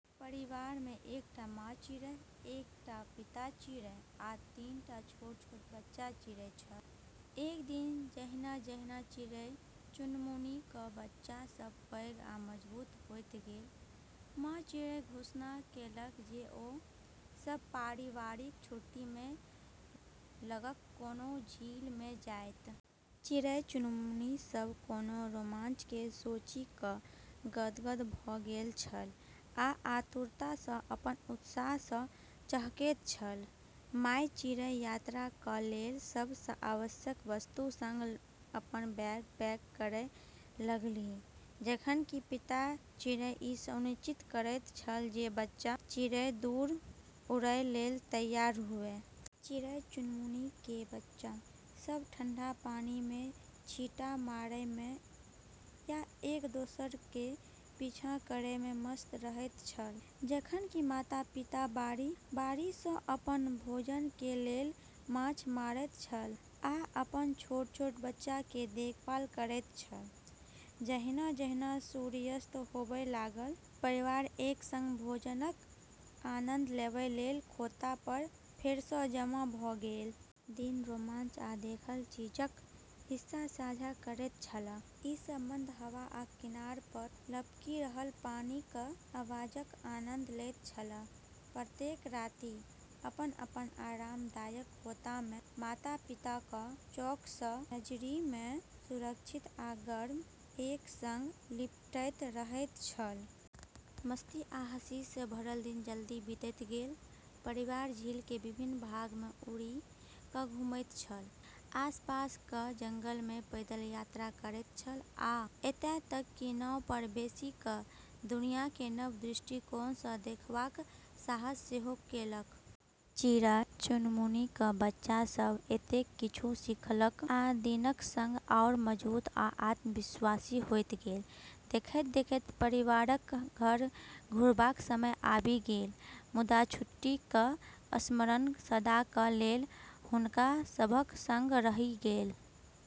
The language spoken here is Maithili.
परिवारमे एकटा माँ चिड़ै, एकटा पिता चिड़ै आ तीन टा छोट-छोट बच्चा चिड़ै छल। एक दिन जहिना-जहिना चिड़ै-चुनमुनीक बच्चा सभ पैघ आ मजबूत होइत गेल, माँ चिड़ै घोषणा केलक जे ओ सभ पारिवारिक छुट्टीमे लगक कोनो झीलमे जाइत । चिड़ै-चुनमुनी सभ कोनो रोमांचके सोचि क' गदगद भ' गेल छल आ आतुरतासँ अपन उत्साहसँ चहकैत छल । माय चिड़ै यात्राक लेल सब आवश्यक वस्तुक सङ्ग अपन बैग पैक करय लगलीह, जखन कि पिता चिड़ै ई सुनिश्चित करैत छल जे बच्चा चिड़ै दूर उड़य लेल तैयार हुए । चिड़ै-चुनमुनीके बच्चा सब ठंडा पानिमे छींटा मारयमे या एक-दोसरक पीछा करयमे मस्त रहैत छल, जखन कि माता-पिता बारी-बारीसँ अपन भोजनके लेल माछ मारैत छल आ अपन छोट-छोट बच्चाके देखभाल करैत छल । जहिना-जहिना सूर्यास्त होबय लागल, परिवार एक सङ्ग भोजनक आनंद लेबय लेल खोता पर फेरसँ जमा भ' गेल । दिनक रोमांच आ देखल चीजक खिस्सा साझा करैत छलाह, ई सब मंद हवा आ किनार पर लपकि रहल पानिक आवाजक आनंद लैत छलाह. प्रत्येक राति अपन-अपन आरामदायक खोतामे, माता-पिताक चौकसँ नजरिमे सुरक्षित आ गर्म, एक सङ्ग लिपटैत रहैत छल। मस्ती आ हँसीसँ भरल दिन जल्दी बीतैत गेल। परिवार झीलके विभिन्न भागमे उड़ि क' घुमैत छल, आसपासक जंगलमे पैदल यात्रा करैत छल, आ एतय तक कि नाव पर बैसि क' दुनियाकेँ नव दृष्टिकोणसँ देखबाक साहस सेहो केलक । चिड़ै-चुनमुनीक बच्चा सभ एतेक किछु सीखलक आ दिनक सङ्ग आओर मजबूत आ आत्मविश्वासी होइत गेल। देखैत-देखैत परिवारक घर घुरबाक समय आबि गेल, मुदा छुट्टीक स्मरण सदाक लेल हुनका सभक सङ्ग रहि गेल ।